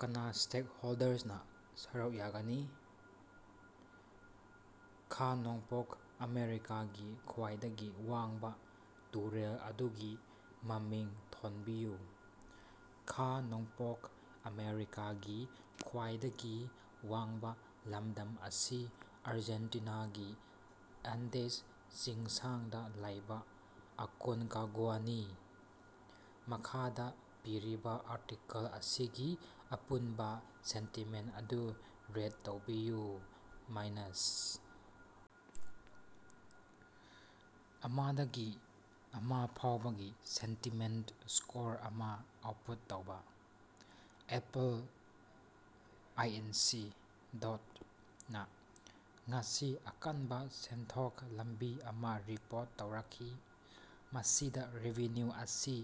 ꯀꯅꯥ ꯁ꯭ꯇꯦꯛꯍꯣꯜꯗꯔꯁꯤꯡꯅ ꯁꯔꯨꯛ ꯌꯥꯒꯅꯤ? ꯈꯥ-ꯅꯣꯡꯄꯣꯛ ꯑꯥꯃꯦꯔꯤꯀꯥꯒꯤ ꯈ꯭ꯋꯥꯏꯗꯒꯤ ꯋꯥꯡꯕꯥ ꯇꯨꯔꯦꯜ ꯑꯗꯨꯒꯤ ꯃꯃꯤꯡ ꯊꯣꯟꯕꯤꯌꯨ꯫ ꯈꯥ-ꯅꯣꯡꯄꯣꯛ ꯑꯥꯃꯦꯔꯤꯀꯥꯒꯤ ꯈ꯭ꯋꯥꯏꯗꯒꯤ ꯋꯥꯡꯕꯥ ꯂꯝꯗꯝ ꯑꯁꯤ ꯑꯔꯖꯦꯟꯇꯤꯅꯥꯒꯤ ꯑꯦꯟꯗꯦꯁ ꯇꯨꯔꯦꯜꯗ ꯂꯩꯕ ꯑꯦꯀꯣꯟꯀꯥꯒꯨꯌꯥꯅꯤ꯫ ꯃꯈꯥꯗꯥ ꯄꯤꯔꯤꯕꯥ ꯑꯥꯔꯇꯤꯀꯦꯜ ꯑꯁꯤꯒꯤ ꯑꯄꯨꯟꯕ ꯁꯦꯟꯇꯤꯃꯦꯟꯇ ꯑꯗꯨ ꯔꯦꯠ ꯇꯧꯕꯤꯌꯨ꯫ ꯃꯥꯏꯅꯁ ꯑꯃꯗꯒꯤ ꯑꯃ ꯐꯥꯎꯕꯒꯤ ꯁꯦꯟꯇꯤꯃꯦꯟꯇ ꯁ꯭ꯀꯣꯔ ꯑꯃꯥ ꯑꯥꯎꯠꯄꯨꯠ ꯇꯧꯕꯥ꯫ ꯑꯦꯄꯜ ꯏꯟꯀꯅ ꯉꯁꯤ ꯑꯀꯟꯕꯥ ꯁꯦꯟꯊꯣꯛ ꯂꯝꯕꯤ ꯑꯃꯥ ꯔꯤꯄꯣꯔꯠ ꯇꯧꯔꯛꯈꯤ, ꯃꯁꯤꯗꯥ ꯔꯦꯚꯤꯟꯌꯨ ꯑꯁꯤ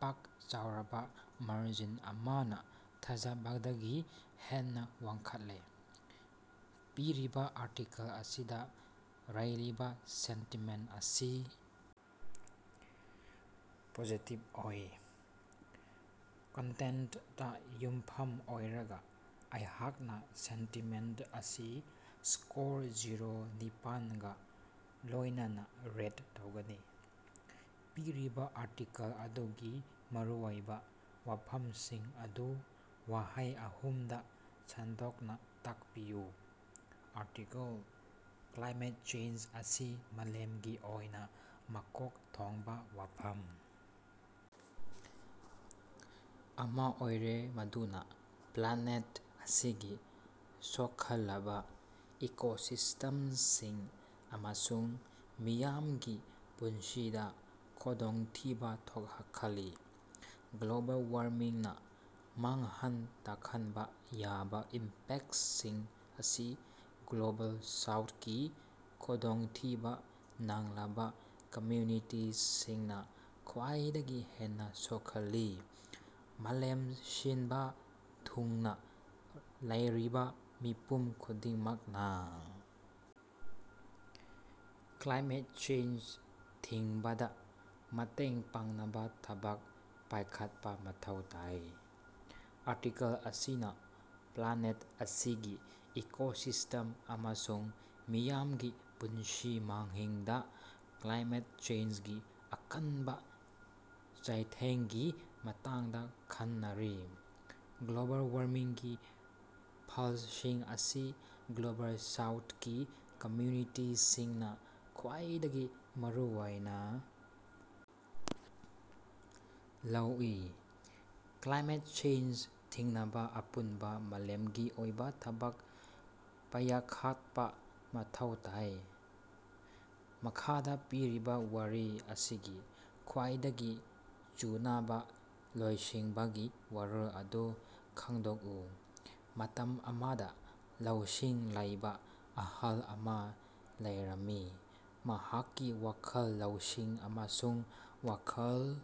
ꯄꯥꯛ ꯆꯥꯎꯔꯕ ꯃꯥꯔꯖꯤꯟ ꯑꯃꯅꯥ ꯊꯥꯖꯕꯗꯒꯤ ꯍꯦꯟꯅꯥ ꯋꯥꯡꯈꯠꯂꯦ꯫ ꯄꯤꯔꯤꯕꯥ ꯑꯥꯔꯇꯤꯀꯜ ꯑꯁꯤꯗꯥ ꯂꯩꯔꯤꯕ ꯁꯦꯟꯇꯤꯃꯦꯟꯇ ꯑꯁꯤ ꯄꯣꯖꯤꯇꯤꯕ ꯑꯣꯏ꯫ ꯀꯟꯇꯦꯟꯇꯇꯥ ꯌꯨꯝꯐꯝ ꯑꯣꯏꯔꯒꯥ ꯑꯩꯍꯥꯛꯅ ꯁꯦꯟꯇꯤꯃꯦꯟꯇ ꯑꯁꯤ ꯁ꯭ꯀꯣꯔ ꯁꯤꯅ‌ꯣ ꯅꯤꯄꯥꯟꯒꯥ ꯂꯣꯏꯅꯅꯥ ꯔꯦꯠ ꯇꯧꯒꯅꯤ꯫ ꯄꯤꯔꯤꯕꯥ ꯑꯥꯔꯇꯤꯀꯜ ꯑꯗꯨꯒꯤ ꯃꯔꯨꯑꯣꯏꯕꯥ ꯋꯥꯐꯝꯁꯤꯡ ꯑꯗꯨ ꯋꯥꯍꯩ ꯑꯍꯨꯝꯗꯥ ꯁꯟꯗꯣꯛꯅ ꯇꯥꯛꯄꯤꯌꯨ꯫ ꯑꯥꯔꯇꯤꯀꯜ: ꯀ꯭ꯂꯥꯏꯃꯦꯠ ꯆꯦꯟꯖ ꯑꯁꯤ ꯃꯥꯂꯦꯝꯒꯤ ꯑꯣꯏꯅꯥ ꯃꯀꯣꯛ ꯊꯣꯡꯕꯥ ꯋꯥꯐꯝ ꯑꯃꯥ ꯑꯣꯏꯔꯦ ꯃꯗꯨꯅꯥ ꯄ꯭ꯂꯥꯅꯦꯠ ꯑꯁꯤꯒꯤ ꯁꯣꯛꯍꯜꯂꯕꯥ ꯏꯀꯣꯁꯤꯁ꯭ꯇꯦꯝꯁꯤꯡ ꯑꯃꯁꯨꯡ ꯃꯤꯌꯥꯝꯒꯤ ꯄꯨꯟꯁꯤꯗ ꯈꯨꯗꯣꯡꯊꯤꯕꯥ ꯊꯣꯛꯍꯜꯂꯤ꯫ ꯒ꯭ꯂꯣꯕꯦꯜ ꯋꯥꯔꯃꯤꯡꯅ ꯃꯥꯡꯍꯟ ꯇꯥꯛꯍꯟꯕ ꯌꯥꯕ ꯏꯝꯄꯦꯛꯇꯁꯤꯡ ꯑꯁꯤ ꯒ꯭ꯂꯣꯕꯦꯜ ꯁꯥꯎꯠꯀꯤ ꯈꯨꯗꯣꯡꯊꯤꯕ ꯅꯪꯂꯕ ꯀꯃꯌꯨꯅꯤꯇꯤꯁꯤꯡꯅꯥ ꯈ꯭ꯋꯥꯏꯗꯒꯤ ꯍꯦꯟꯅꯥ ꯁꯣꯛꯍꯜꯂꯤ꯫ ꯃꯥꯂꯦꯝ ꯁꯤꯟꯕꯥ ꯊꯨꯡꯅꯥ ꯂꯩꯔꯤꯕꯥ ꯃꯤꯄꯨꯝ ꯈꯨꯗꯤꯡꯃꯛꯅꯥ ꯀ꯭ꯂꯥꯏꯃꯦꯠ ꯆꯦꯟꯖ ꯊꯤꯡꯕꯗꯥ ꯃꯇꯦꯡ ꯄꯥꯡꯅꯕꯥ ꯊꯕꯛ ꯄꯥꯏꯈꯠꯄꯥ ꯃꯊꯧ ꯇꯥꯏ꯫ ꯑꯥꯔꯇꯤꯀꯜ ꯑꯁꯤꯅꯥ ꯄ꯭ꯂꯥꯅꯦꯠ ꯑꯁꯤꯒꯤ ꯏꯀꯣꯁꯤꯁ꯭ꯇꯦꯝ ꯑꯃꯁꯨꯡ ꯃꯤꯌꯥꯝꯒꯤ ꯄꯨꯟꯁꯤ ꯃꯍꯤꯡꯗꯥ ꯀ꯭ꯂꯥꯏꯃꯦꯠ ꯆꯦꯟꯖꯒꯤ ꯑꯀꯟꯕꯥ ꯆꯩꯊꯦꯡꯒꯤ ꯃꯇꯥꯡꯗ ꯈꯟꯅꯔꯤ꯫ ꯒ꯭ꯂꯣꯕꯦꯜ ꯋꯥꯔꯃꯤꯡꯒꯤ ꯐꯂꯁꯤꯡ ꯑꯁꯤ ꯒ꯭ꯂꯣꯕꯦꯜ ꯁꯥꯎꯊꯀꯤ ꯀꯝꯌꯨꯅꯤꯇꯤꯁꯤꯡꯅꯥ ꯈ꯭ꯕꯥꯏꯗꯒꯤ ꯃꯔꯨꯑꯣꯏꯅꯥ ꯂꯧꯏ꯫ ꯀ꯭ꯂꯥꯏꯃꯦꯠ ꯆꯦꯟꯖ ꯊꯤꯡꯅꯕꯥ ꯑꯄꯨꯅꯕꯥ ꯃꯥꯂꯦꯃꯒꯤ ꯑꯣꯏꯕꯥ ꯊꯕꯛ ꯄꯥꯌꯈꯠꯄꯥ ꯃꯊꯧ ꯇꯥꯏ꯫ ꯃꯈꯥꯗꯥ ꯄꯤꯔꯤꯕꯥ ꯋꯥꯔꯤ ꯑꯁꯤꯒꯤ ꯈ꯭ꯋꯥꯏꯗꯒꯤ ꯆꯨꯅꯕꯥ ꯂꯣꯏꯁꯤꯟꯕꯒꯤ ꯋꯥꯔꯣꯜ ꯑꯗꯨ ꯈꯪꯗꯣꯛꯎ꯫ ꯃꯇꯝ ꯑꯃꯗꯥ ꯂꯧꯁꯤꯡ ꯂꯩꯕꯥ ꯑꯍꯜ ꯑꯃꯥ ꯂꯩꯔꯝꯃꯤ, ꯃꯍꯥꯛꯀꯤ ꯋꯥꯈꯜ ꯂꯧꯁꯤꯡ ꯑꯃꯁꯨꯡ ꯋꯥꯈꯜ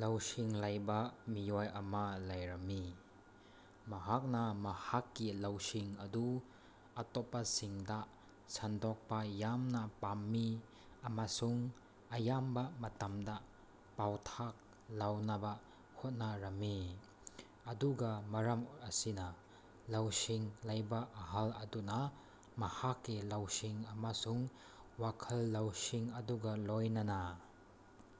ꯂꯧꯁꯤꯡ ꯂꯩꯕꯥ ꯃꯤꯑꯣꯏ ꯑꯃꯥ ꯂꯩꯔꯝꯃꯤ꯫ ꯃꯍꯥꯛꯅꯥ ꯃꯍꯥꯛꯀꯤ ꯂꯧꯁꯤꯡ ꯑꯗꯨ ꯑꯇꯣꯞꯄꯁꯤꯡꯗꯥ ꯁꯟꯗꯣꯛꯄꯥ ꯌꯥꯝꯅꯥ ꯄꯥꯝꯃꯤ ꯑꯃꯁꯨꯡ ꯑꯌꯥꯝꯕꯥ ꯃꯇꯝꯗꯥ ꯄꯥꯎꯇꯥꯛ ꯂꯧꯅꯕꯥ ꯍꯣꯠꯅꯔꯝꯃꯤ꯫ ꯑꯗꯨꯒꯥ ꯃꯔꯝ ꯑꯁꯤꯅꯥ, ꯂꯧꯁꯤꯡ ꯂꯩꯕꯥ ꯑꯍꯜ ꯑꯗꯨꯅꯥ ꯃꯍꯥꯛꯀꯤ ꯂꯧꯁꯤꯡ ꯑꯃꯁꯨꯡ ꯋꯥꯈꯜ ꯂꯧꯁꯤꯡ ꯑꯗꯨꯒꯥ ꯂꯣꯏꯅꯅꯥ